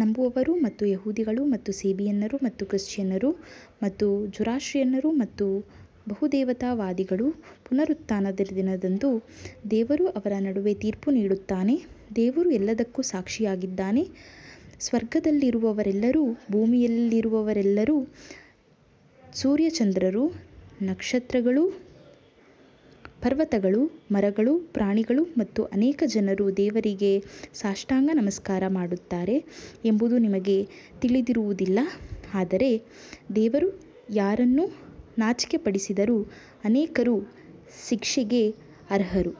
ನಂಬುವವರು ಮತ್ತು ಯಹೂದಿಗಳು ಮತ್ತು ಸೇಬಿಯನ್ನರು ಮತ್ತು ಕ್ರಿಶ್ಚಿಯನ್ನರು ಮತ್ತು ಜೊರಾಸ್ಟ್ರಿಯನ್ನರು ಮತ್ತು ಬಹುದೇವತಾವಾದಿಗಳು ಪುನರುತ್ಥಾನದ ದಿನದಂದು ದೇವರು ಅವರ ನಡುವೆ ತೀರ್ಪು ನೀಡುತ್ತಾನೆ, ದೇವರು ಎಲ್ಲದಕ್ಕೂ ಸಾಕ್ಷಿಯಾಗಿದ್ದಾನೆ ಸ್ವರ್ಗದಲ್ಲಿರುವವರೆಲ್ಲರೂ, ಭೂಮಿಯಲ್ಲಿರುವವರೆಲ್ಲರೂ, ಸೂರ್ಯಚಂದ್ರರು, ನಕ್ಷತ್ರಗಳು, ಪರ್ವತಗಳು, ಮರಗಳು, ಪ್ರಾಣಿಗಳು ಮತ್ತು ಅನೇಕ ಜನರು ದೇವರಿಗೆ ಸಾಷ್ಟಾಂಗ ನಮಸ್ಕಾರ ಮಾಡುತ್ತಾರೆ ಎಂಬುದು ನಿಮಗೆ ತಿಳಿದಿರುವುದಿಲ್ಲ, ಆದರೆ ದೇವರು ಯಾರನ್ನು ನಾಚಿಕೆಪಡಿಸಿದರೂ ಅನೇಕರು ಶಿಕ್ಷೆಗೆ ಅರ್ಹರು.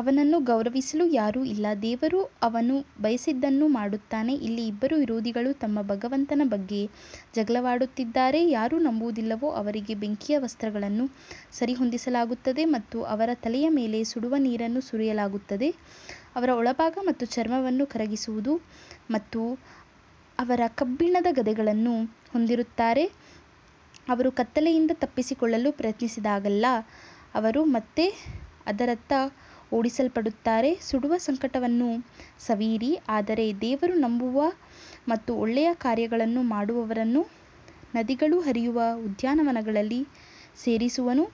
ಅವನನ್ನು ಗೌರವಿಸಲು ಯಾರೂ ಇಲ್ಲ, ದೇವರು ಅವನು ಬಯಸಿದ್ದನ್ನು ಮಾಡುತ್ತಾನೆ ಇಲ್ಲಿ ಇಬ್ಬರು ವಿರೋಧಿಗಳು ತಮ್ಮ ಭಗವಂತನ ಬಗ್ಗೆ ಜಗಳವಾಡುತ್ತಿದ್ದಾರೆ, ಯಾರು ನಂಬುವುದಿಲ್ಲವೋ ಅವರಿಗೆ ಬೆಂಕಿಯ ವಸ್ತ್ರಗಳನ್ನು ಸರಿಹೊಂದಿಸಲಾಗುತ್ತದೆ ಮತ್ತು ಅವರ ತಲೆಯ ಮೇಲೆ ಸುಡುವ ನೀರನ್ನು ಸುರಿಯಲಾಗುತ್ತದೆ. ಅವರ ಒಳಭಾಗ ಮತ್ತು ಚರ್ಮವನ್ನು ಕರಗಿಸುವುದು ಮತ್ತು ಅವರು ಕಬ್ಬಿಣದ ಗದೆಗಳನ್ನು ಹೊಂದಿರುತ್ತಾರೆ ಅವರು ಕತ್ತಲೆಯಿಂದ ತಪ್ಪಿಸಿಕೊಳ್ಳಲು ಪ್ರಯತ್ನಿಸಿದಾಗಲೆಲ್ಲಾ ಅವರು ಮತ್ತೆ ಅದರತ್ತ ಓಡಿಸಲ್ಪಡುತ್ತಾರೆ ಸುಡುವ ಸಂಕಟವನ್ನು ಸವಿಯಿರಿ ಆದರೆ ದೇವರು ನಂಬುವ ಮತ್ತು ಒಳ್ಳೆಯ ಕಾರ್ಯಗಳನ್ನು ಮಾಡುವವರನ್ನು ನದಿಗಳು ಹರಿಯುವ ಉದ್ಯಾನವನಗಳಲ್ಲಿ ಸೇರಿಸುವನು,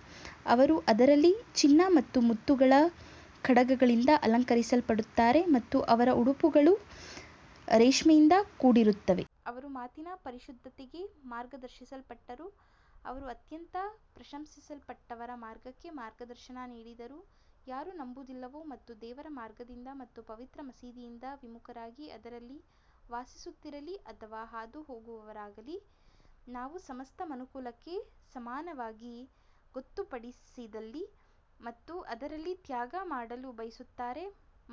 ಅವರು ಅದರಲ್ಲಿ ಚಿನ್ನ ಮತ್ತು ಮುತ್ತುಗಳ ಕಡಗಗಳಿಂದ ಅಲಂಕರಿಸಲ್ಪಡುತ್ತಾರೆ ಮತ್ತು ಅವರ ಉಡುಪುಗಳು ರೇಷ್ಮೆಯಿಂದ ಕೂಡಿರುತ್ತವೆ. ಅವರು ಮಾತಿನ ಪರಿಶುದ್ಧತೆಗೆ ಮಾರ್ಗದರ್ಶಿಸಲ್ಪಟ್ಟರು, ಅವರು ಅತ್ಯಂತ ಪ್ರಶಂಸಿಸಲ್ಪಟ್ಟವರ ಮಾರ್ಗಕ್ಕೆ ಮಾರ್ಗದರ್ಶನ ನೀಡಿದರು ಯಾರು ನಂಬುವುದಿಲ್ಲವೋ ಮತ್ತು ದೇವರ ಮಾರ್ಗದಿಂದ ಮತ್ತು ಪವಿತ್ರ ಮಸೀದಿಯಿಂದ ವಿಮುಖರಾಗಿ ಅದರಲ್ಲಿ ವಾಸಿಸುತ್ತಿರಲಿ ಅಥವಾ ಹಾದುಹೋಗುವವರಾಗಲಿ ನಾವು ಸಮಸ್ತ ಮನುಕುಲಕ್ಕೆ ಸಮಾನವಾಗಿ ಗೊತ್ತುಪಡಿಸಿದಲ್ಲಿ ಮತ್ತು ಅದರಲ್ಲಿ ತ್ಯಾಗ ಮಾಡಲು ಬಯಸುತ್ತಾರೆ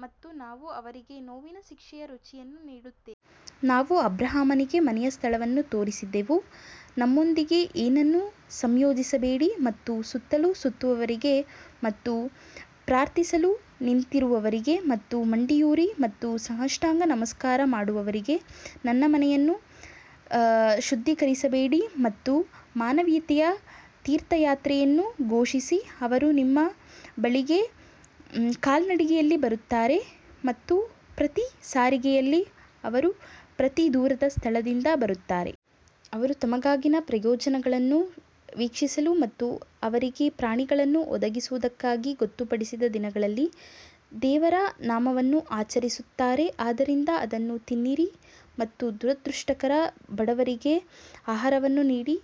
ಮತ್ತು ನಾವು ಅವರಿಗೆ ನೋವಿನ ಶಿಕ್ಷೆಯ ರುಚಿಯನ್ನು ನೀಡುತ್ತೇವೆ. ನಾವು ಅಬ್ರಹಾಮನಿಗೆ ಮನೆಯ ಸ್ಥಳವನ್ನು ತೋರಿಸಿದೆವು ನನ್ನೊಂದಿಗೆ ಏನನ್ನೂ ಸಂಯೋಜಿಸಬೇಡಿ ಮತ್ತು ಸುತ್ತಲೂ ಸುತ್ತುವವರಿಗೆ ಮತ್ತು ಪ್ರಾರ್ಥಿಸಲು ನಿಂತಿರುವವರಿಗೆ ಮತ್ತು ಮಂಡಿಯೂರಿ ಮತ್ತು ಸಾಷ್ಟಾಂಗ ನಮಸ್ಕಾರ ಮಾಡುವವರಿಗೆ ನನ್ನ ಮನೆಯನ್ನು ಶುದ್ಧೀಕರಿಸಬೇಡಿ ಮತ್ತು ಮಾನವೀಯತೆಯ ತೀರ್ಥಯಾತ್ರೆಯನ್ನು ಘೋಷಿಸಿ ಅವರು ನಿಮ್ಮ ಬಳಿಗೆ ಕಾಲ್ನಡಿಗೆಯಲ್ಲಿ ಬರುತ್ತಾರೆ ಮತ್ತು ಪ್ರತಿ ಸಾರಿಗೆಯಲ್ಲಿ ಅವರು ಪ್ರತಿ ದೂರದ ಸ್ಥಳದಿಂದ ಬರುತ್ತಾರೆ. ಅವರು ತಮಗಾಗಿನ ಪ್ರಯೋಜನಗಳನ್ನು ವೀಕ್ಷಿಸಲು ಮತ್ತು ಅವರಿಗೆ ಪ್ರಾಣಿಗಳನ್ನು ಒದಗಿಸುವುದಕ್ಕಾಗಿ ಗೊತ್ತುಪಡಿಸಿದ ದಿನಗಳಲ್ಲಿ ದೇವರ ನಾಮವನ್ನು ಆಚರಿಸುತ್ತಾರೆ ಆದ್ದರಿಂದ ಅದನ್ನು ತಿನ್ನಿರಿ ಮತ್ತು ದುರದೃಷ್ಟಕರ ಬಡವರಿಗೆ ಆಹಾರವನ್ನು ನೀಡಿ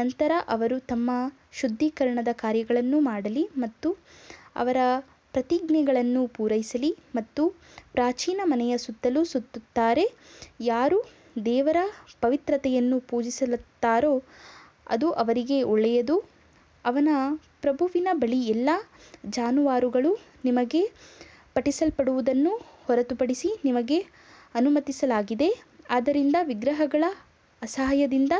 ನಂತರ ಅವರು ತಮ್ಮ ಶುದ್ಧೀಕರಣದ ಕಾರ್ಯಗಳನ್ನು ಮಾಡಲಿ ಮತ್ತು ಅವರ ಪ್ರತಿಜ್ಞೆಗಳನ್ನು ಪೂರೈಸಲಿ ಮತ್ತು ಪ್ರಾಚೀನ ಮನೆಯ ಸುತ್ತಲೂ ಸುತ್ತುತ್ತಾರೆ ಯಾರು ದೇವರ ಪವಿತ್ರತೆಯನ್ನು ಪೂಜಿಸುತ್ತಾರೋ ಅದು ಅವರಿಗೆ ಒಳ್ಳೆಯದು ಅವನ ಪ್ರಭುವಿನ ಬಳಿ ಎಲ್ಲಾ ಜಾನುವಾರುಗಳು ನಿಮಗೆ ಪಠಿಸಲ್ಪಡುವುದನ್ನು ಹೊರತುಪಡಿಸಿ ನಿಮಗೆ ಅನುಮತಿಸಲಾಗಿದೆ ಆದ್ದರಿಂದ ವಿಗ್ರಹಗಳ ಅಸಹ್ಯದಿಂದ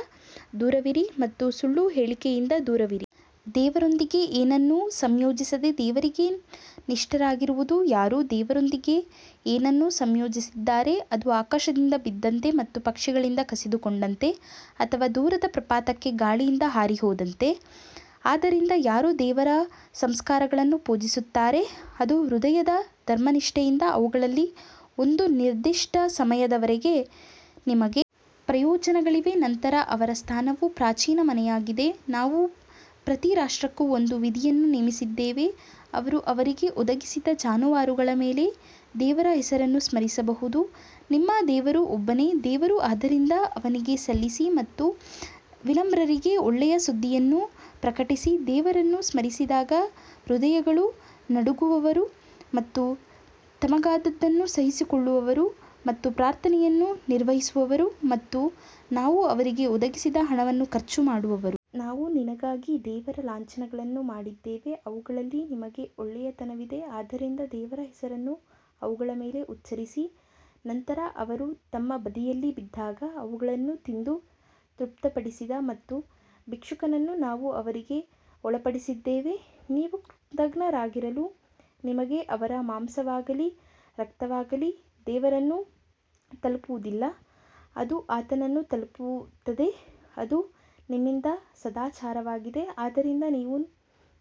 ದೂರವಿರಿ ಮತ್ತು ಸುಳ್ಳು ಹೇಳಿಕೆಯಿಂದ ದೂರವಿರಿ. ದೇವರೊಂದಿಗೆ ಏನನ್ನೂ ಸಂಯೋಜಿಸದೆ ದೇವರಿಗೆ ನಿಷ್ಠರಾಗಿರುವುದು ಯಾರು ದೇವರೊಂದಿಗೆ ಏನನ್ನೂ ಸಂಯೋಜಿಸಿದರೆ ಅದು ಆಕಾಶದಿಂದ ಬಿದ್ದಂತೆ ಮತ್ತು ಪಕ್ಷಿಗಳಿಂದ ಕಸಿದುಕೊಂಡಂತೆ ಅಥವಾ ದೂರದ ಪ್ರಪಾತಕ್ಕೆ ಗಾಳಿಯಿಂದ ಹಾರಿಹೋದಂತೆ. ಆದ್ದರಿಂದ ಯಾರು ದೇವರ ಸಂಸ್ಕಾರಗಳನ್ನು ಪೂಜಿಸುತ್ತಾರೆ ಅದು ಹೃದಯದ ಧರ್ಮನಿಷ್ಠೆಯಿಂದ ಅವುಗಳಲ್ಲಿ ಒಂದು ನಿರ್ದಿಷ್ಟ ಸಮಯದವರೆಗೆ ನಿಮಗೆ ಪ್ರಯೋಜನಗಳಿವೆ, ನಂತರ ಅವರ ಸ್ಥಾನವು ಪ್ರಾಚೀನ ಮನೆಯಾಗಿದೆ ನಾವು ಪ್ರತಿ ರಾಷ್ಟ್ರಕ್ಕೂ ಒಂದು ವಿಧಿಯನ್ನು ನೇಮಿಸಿದ್ದೇವೆ, ಅವರು ಅವರಿಗೆ ಒದಗಿಸಿದ ಜಾನುವಾರುಗಳ ಮೇಲೆ ದೇವರ ಹೆಸರನ್ನು ಸ್ಮರಿಸಬಹುದು, ನಿಮ್ಮ ದೇವರು ಒಬ್ಬನೇ ದೇವರು ಆದ್ದರಿಂದ ಅವನಿಗೆ ಸಲ್ಲಿಸಿ ಮತ್ತು ವಿನಮ್ರರಿಗೆ ಒಳ್ಳೆಯ ಸುದ್ದಿಯನ್ನು ಪ್ರಕಟಿಸಿ ದೇವರನ್ನು ಸ್ಮರಿಸಿದಾಗ ಹೃದಯಗಳು ನಡುಗುವವರು ಮತ್ತು ತಮಗಾದದ್ದನ್ನು ಸಹಿಸಿಕೊಳ್ಳುವವರು ಮತ್ತು ಪ್ರಾರ್ಥನೆಯನ್ನು ನಿರ್ವಹಿಸುವವರು ಮತ್ತು ನಾವು ಅವರಿಗೆ ಒದಗಿಸಿದ ಹಣವನ್ನು ಖರ್ಚು ಮಾಡುವವರು. ನಾವು ನಿನಗಾಗಿ ದೇವರ ಲಾಂಛನಗಳನ್ನು ಮಾಡಿದ್ದೇವೆ ಅವುಗಳಲ್ಲಿ ನಿಮಗೆ ಒಳ್ಳೆಯತನವಿದೆ ಆದ್ದರಿಂದ ದೇವರ ಹೆಸರನ್ನು ಅವುಗಳ ಮೇಲೆ ಉಚ್ಚರಿಸಿ ನಂತರ ಅವರು ತಮ್ಮ ಬದಿಯಲ್ಲಿ ಬಿದ್ದಾಗ ಅವುಗಳನ್ನು ತಿಂದು ತೃಪ್ತಿಪಡಿಸಿದ ಮತ್ತು ಭಿಕ್ಷುಕನನ್ನು ನಾವು ಅವರಿಗೆ ಒಳಪಡಿಸಿದ್ದೇವೆ. ನೀವು ಕೃತಜ್ಞರಾಗಿರಲು ನಿಮಗೆ ಅವರ ಮಾಂಸವಾಗಲೀ, ರಕ್ತವಾಗಲೀ ದೇವರನ್ನು ತಲುಪುವುದಿಲ್ಲ, ಅದು ಆತನನ್ನು ತಲುಪುತ್ತದೆ, ಅದು ನಿಮ್ಮಿಂದ ಸದಾಚಾರವಾಗಿದೆ, ಆದ್ದರಿಂದ ನೀವು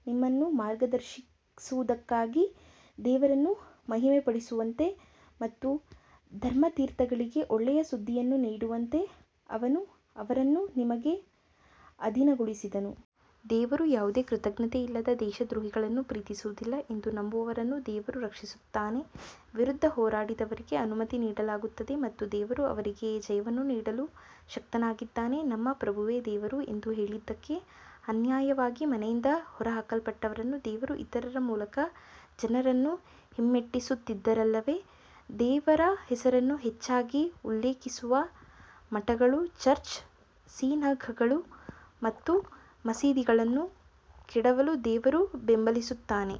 ನಿಮ್ಮನ್ನು ಮಾರ್ಗದರ್ಶಿಸುವುದಕ್ಕಾಗಿ ದೇವರನ್ನು ಮಹಿಮೆಪಡಿಸುವಂತೆ ಮತ್ತು ಧರ್ಮಾರ್ಥಿಗಳಿಗೆ ಒಳ್ಳೆಯ ಸುದ್ದಿಯನ್ನು ನೀಡುವಂತೆ ಅವನು ಅವರನ್ನು ನಿಮಗೆ ಅಧೀನಗೊಳಿಸಿದನು. ದೇವರು ಯಾವುದೇ ಕೃತಜ್ಞತೆಯಿಲ್ಲದ ದೇಶದ್ರೋಹಿಯನ್ನು ಪ್ರೀತಿಸುವುದಿಲ್ಲ ಎಂದು ನಂಬುವವರನ್ನು ದೇವರು ರಕ್ಷಿಸುತ್ತಾನೆ ವಿರುದ್ಧ ಹೋರಾಡಿದವರಿಗೆ ಅನುಮತಿ ನೀಡಲಾಗುತ್ತದೆ ಮತ್ತು ದೇವರು ಅವರಿಗೆ ಜಯವನ್ನು ನೀಡಲು ಶಕ್ತನಾಗಿದ್ದಾನೆ ನಮ್ಮ ಪ್ರಭುವೇ ದೇವರು ಎಂದು ಹೇಳಿದ್ದಕ್ಕೆ ಅನ್ಯಾಯವಾಗಿ ಮನೆಯಿಂದ ಹೊರಹಾಕಲ್ಪಟ್ಟವರನ್ನು ದೇವರು ಇತರರ ಮೂಲಕ ಜನರನ್ನು ಹಿಮ್ಮೆಟ್ಟಿಸುತ್ತಿದ್ದರಲ್ಲವೇ, ದೇವರ ಹೆಸರನ್ನು ಹೆಚ್ಚಾಗಿ ಉಲ್ಲೇಖಿಸುವ ಮಠಗಳು ಚರ್ಚ್, ಸಿನಗಾಗ್ಗಳು ಮತ್ತು ಮಸೀದಿಗಳನ್ನು ಕೆಡವಲು ದೇವರು ಬೆಂಬಲಿಸುತ್ತಾನೆ.